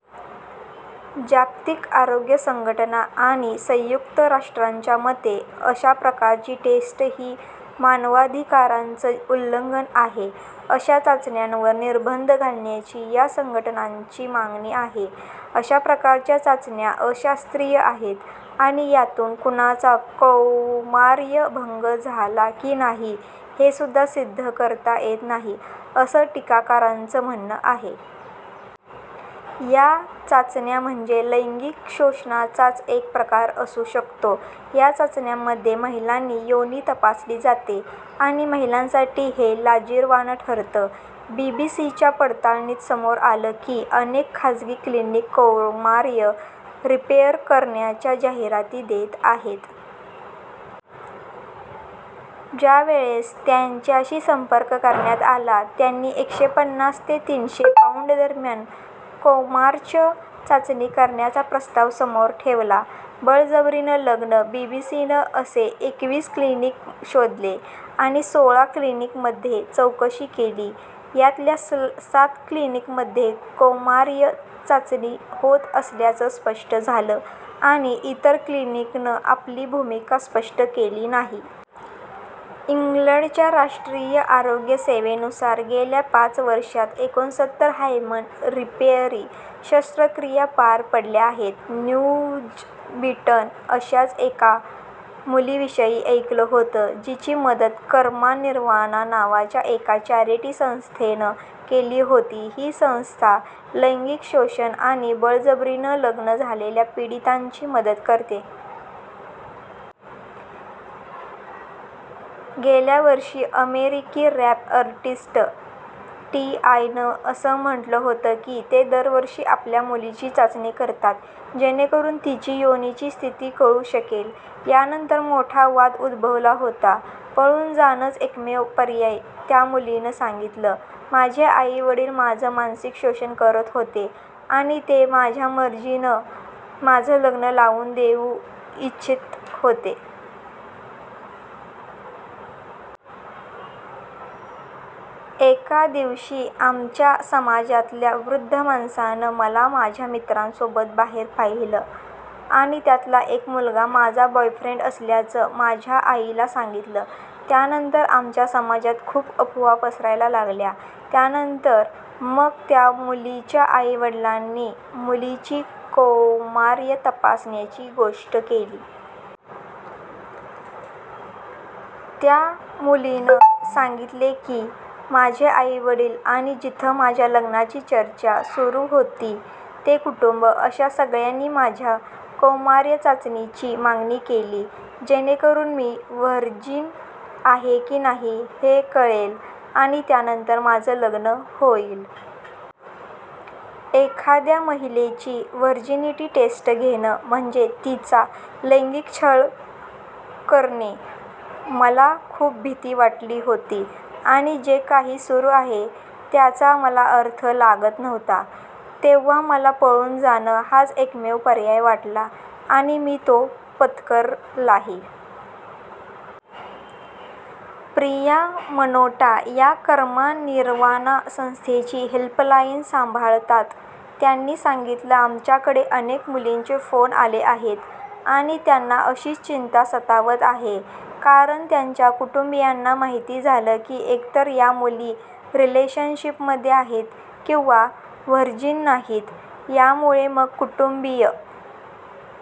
जागतिक आरोग्य संघटना आणि संयुक्त राष्ट्रांच्या मते, अशाप्रकारची टेस्ट ही मानवाधिकारांचं उल्लंघन आहे. अशा चाचण्यांवर निर्बंध घालण्याची या संघटनांची मागणी आहे. अशाप्रकारच्या चाचण्या अशास्त्रीय आहेत आणि यातून कुणाचा कौमार्य भंग झाला की नाही, हेसुद्धा सिद्ध करता येत नाही, असं टीकाकारांचं म्हणणं आहे. या चाचण्या म्हणजे लैंगिक शोषणाचाच एक प्रकार असू शकतो. या चाचण्यांध्ये महिलांची योनी तपासली जाते. आणि महिलांसाठी हे लाजिरवाणं ठरतं. बीबीसीच्या पडताळणीत समोर आलं की, अनेक खासगी क्लिनिक कौमार्य रिपेअर करण्याच्या जाहिराती देत आहेत. ज्यावेळेस त्यांच्याशी संपर्क करण्यात आला, त्यांनी एकशे पन्नास ते तीनशे पाऊंडदरम्यान कौमार्च चाचणी करण्याचा प्रस्ताव समोर ठेवला. बळजबरीनं लग्न बीबीसीनं असे एकवीस क्लिनिक शोधले आणि सोळा क्लिनिकमध्ये चौकशी केली. यातल्या सात क्लिनिकमध्ये कौमार्य चाचणी होत असल्याचं स्पष्ट झालं आणि इतर क्लिनिकनं आपली भूमिका स्पष्ट केली नाही. इंग्लंडच्या राष्ट्रीय आरोग्य सेवेनुसार गेल्या पाच वर्षांत एकोणसत्तर हायमन रिपेयरी शस्त्रक्रिया पार पडल्या आहेत. न्यूजबीटनं अशाच एका मुलीविषयी ऐकलं होतं, जिची मदत कर्मा निर्वाना नावाच्या एका चॅरिटी संस्थेनं केली होती. ही संस्था लैंगिक शोषण आणि बळजबरीनं लग्न झालेल्या पीडितांची मदत करते. गेल्या वर्षी अमेरिकी रॅप आर्टिस्ट टीआयनं असं म्हटलं होतं की, ते दरवर्षी आपल्या मुलीची चाचणी करतात जेणेकरून तिची योनीची स्थिती कळू शकेल. यानंतर मोठा वाद उद्भवला होता. 'पळून जाणंच एकमेव पर्याय' त्या मुलीनं सांगितलं, माझे आई-वडील माझं मानसिक शोषण करत होते आणि ते त्यांच्या मर्जीनं माझं लग्न लावून देऊ इच्छित होते. एका दिवशी आमच्या समाजातल्या वृद्ध माणसानं मला माझ्या मित्रांसोबत बाहेर पाहिलं आणि त्यातला एक मुलगा माझा बॉयफ्रेंड असल्याचं माझ्या आईला सांगितलं. त्यानंतर आमच्या समाजात खूप अफवा पसरायला लागल्या. त्यानंतर मग त्या मुलीच्या आई-वडिलांनी मुलीची कौमार्य तपासण्याची गोष्ट केली. त्या मुलीनं सांगितलं की माझे आई-वडील आणि जिथं माझ्या लग्नाची चर्चा सुरू होती, ते कुटुंब अशा सगळ्यांनी माझ्या कौमार्य चाचणीची मागणी केली. जेणेकरून मी व्हर्जिन आहे की नाही हे कळेल आणि त्यानंतर माझं लग्न होईल. एखाद्या महिलेची व्हर्जिनिटी टेस्ट घेणं म्हणजे तिचा लैंगिक छळ क रणे मला खूप भीती वाटली होती आणि जे काही सुरू आहे त्याचा मला अर्थ लागत नव्हता. तेव्हा मला पळून जाणं हाच एकमेव पर्याय वाटला आणि मी तो पत्करलाही. प्रिया मनोटा या कर्मा निरवाना संस्थेची हेल्पलाईन सांभाळतात. त्यांनी सांगितलं आमच्याकडे अनेक मुलींचे फोन आले आहेत आणि त्यांना अशीच चिंता सतावत आहे. कारण त्यांच्या कुटुंबीयांना माहिती झालं की एकतर या मुली रिलेशनशिपमध्ये आहेत किंवा व्हर्जिन नाहीत. यामुळे मग कुटुंबीय